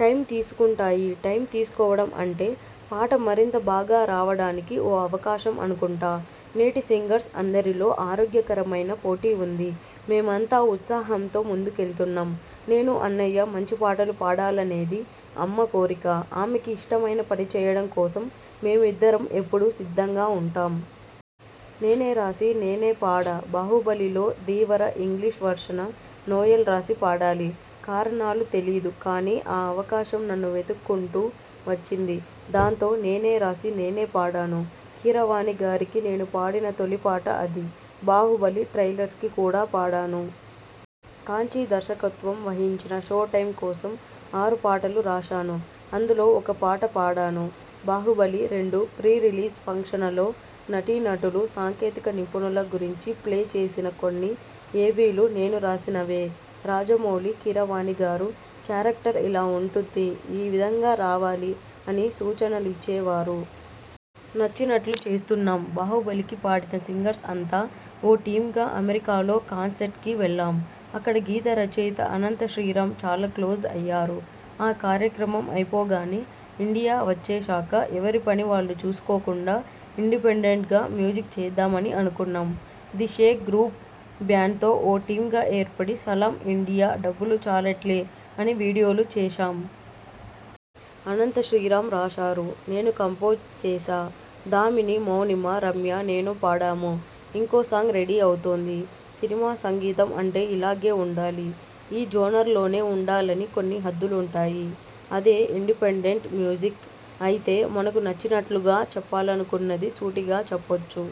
Time తీసుకుంటాయి. Time తీసుకోవడం అంటే పాట మరింత బాగా రావడానికి ఓ అవకాశం అనుకుంటా. నేటి సింగర్స్ అందరిలో ఆరోగ్యకరమైన పోటీ ఉంది. మేమంతా ఉత్సాహంతో ముందుకెళ్తున్నాం. నేను, అన్నయ్య మంచి పాటలు పాడాలనేది అమ్మ కోరిక. ఆమెకి ఇష్టమైన పని చెయ్యడం కోసం మేమిద్దరం ఎప్పుడూ సిద్ధంగా ఉంటాం. నేనే రాసి నేనే పాడాబాహుబలి లో ధీవర ఇంగ్లిష్ వెర్షన నోయల్ రాసి పాడాలి. కారణాలు తెలీదు కానీ ఆ అవకాశం నన్ను వెతుక్కుంటూ వచ్చింది. దాంతో నేనే రాసి నేనే పాడాను. కీరవాణిగారికి నేను పాడిన తొలి పాట అది. బాహుబలి ట్రైలర్స్కి కూడా పాడాను. కాంచీ దర్శకత్వం వహించిన షో టైమ్ కోసం ఆరు పాటలు రాశాను. అందులో ఒక పాట పాడాను. బాహుబలి-రెండు ప్రీ రిలీజ్ ఫంక్షనలో నటీనటులు, సాంకేతిక నిపుణుల గురించి ప్లే చేసిన కొన్ని ఏవీలు నేను రాసినవే. రాజమౌళి, కీరవాణిగారు క్యారెక్టర్ ఇలా ఉంటుంది. ఈ విధంగా రావాలి అని సూచనలిచ్చేవారు. నచ్చినట్లు చేస్తున్నాం బాహుబలి కి పాడిన సింగర్స్ అంతా ఓ టీమ్గా అమెరికాలో కాన్సెర్ట్కి వెళ్లాం. అక్కడ గీతరచయిత అనంత శ్రీరామ్ చాలా క్లోజ్ అయ్యారు. ఆ కార్యక్రమం అయిపోగానే ఇండియా వచ్చేశాక ఎవరి పని వాళ్లు చూసుకోకుండా ఇండిపెండెంట్గా మ్యూజిక్ చేద్దామని అనుకున్నాం. ది షేక్ గ్రూప్ బ్యాండ్తో ఓ టీమ్గా ఏర్పడి సలామ్ ఇండియా, డబ్బులు చాలట్లే అని వీడియోలు చేశాం. అనంత శ్రీరామ్ రాశారు. నేను కంపోజ్ చేశా. దామిని, మౌనిమ, రమ్య, నేను పాడాము. ఇంకో సాంగ్ రెడీ అవుతోంది. సినిమా సంగీతం అంటే ఇలాగే ఉండాలి, ఈ జోనర్లోనే ఉండాలని కొన్ని హద్దులుంటాయి. అదే ఇండిపెండెంట్ మ్యూజిక్ అయితే మనకు నచ్చినట్లుగా, చెప్పాలనుకున్నది సూటిగా చెప్పొచ్చు.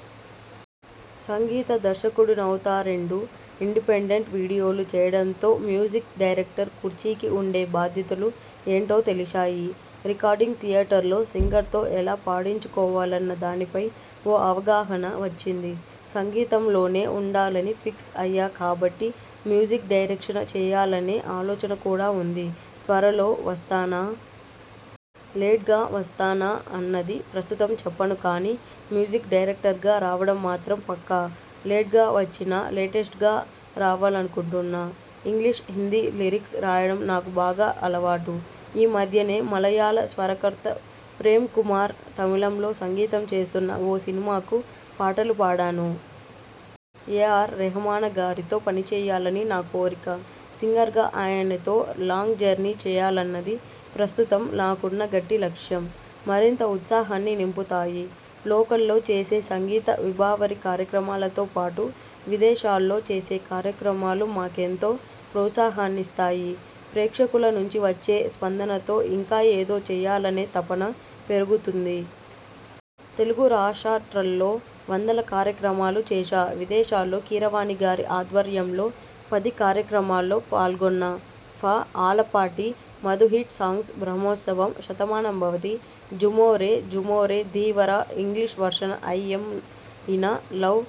సంగీత దర్శకుడినవుతారెండు ఇండిపెండెంట్ వీడియోలు చెయ్యడంతో మ్యూజిక్ డైరెక్టర్ కుర్చీకి ఉండే బాధ్యతలు ఏంటో తెలిశాయి. రికార్డింగ్ థియేటర్లో సింగర్తో ఎలా పాడించుకోవాలన్న దానిపై ఓ అవగాహన వచ్చింది. సంగీతంలోనే ఉండాలని ఫిక్స్ అయ్యా కాబట్టి మ్యూజిక్ డైరెక్షన చెయ్యాలనే ఆలోచన కూడా ఉంది. త్వరలో వస్తానా.. లేట్గా వస్తానా అన్నది ప్రస్తుతం చెప్పను కానీ మ్యూజిక్ డైరెక్టర్గా రావడం మాత్రం పక్కా. లేట్గా వచ్చినా లేటె్స్టగా రావాలనుకుంటున్నా. ఇంగ్లిష్, హిందీ లిరిక్స్ రాయడం నాకు బాగా అలవాటు. ఈ మధ్యనే మలయాళ స్వరకర్త ప్రేమ్కుమార్ తమిళంలో సంగీతం చేస్తున్న ఓ సినిమాకు పాటలు పాడాను. ఏ. ఆర్. రెహమానగారితో పనిచెయ్యాలని నా కోరిక. సింగర్గా ఆయనతో లాంగ్ జర్నీ చెయ్యాలన్నది ప్రస్తుతం నాకున్న గట్టి లక్ష్యం. మరింత ఉత్సాహాన్ని నింపుతాయి.. లోకల్లో చేసే సంగీత విభావరి కార్యక్రమాలతోపాటు విదేశాల్లో చేసే కార్యక్రమాలు మాకెంతో ప్రోత్సాహాన్నిస్తాయి. ప్రేక్షకుల నుంచి వచ్చే స్పందనతో ఇంకా ఏదో చెయ్యాలనే తపన పెరుగుతుంది. తెలుగు రాషా్ట్రల్లో వందల కార్యక్రమాలు చేశా. విదేశాల్లో కీరవాణిగారి ఆధ్వర్యంలో పది కార్యక్రమాల్లో పాల్గొన్నా. ఫ ఆలపాటి మధుహిట్ సాంగ్స్ బ్రహ్మోత్సవం శతమానంభవతి జూమోరే.. జూమోరే.. Dheevara English version I am in love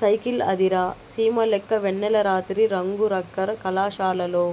cycle అదిరా.. సీమ లెక్క వెన్నెల రాతిరి రంగు రక్కర కళాశాలలో.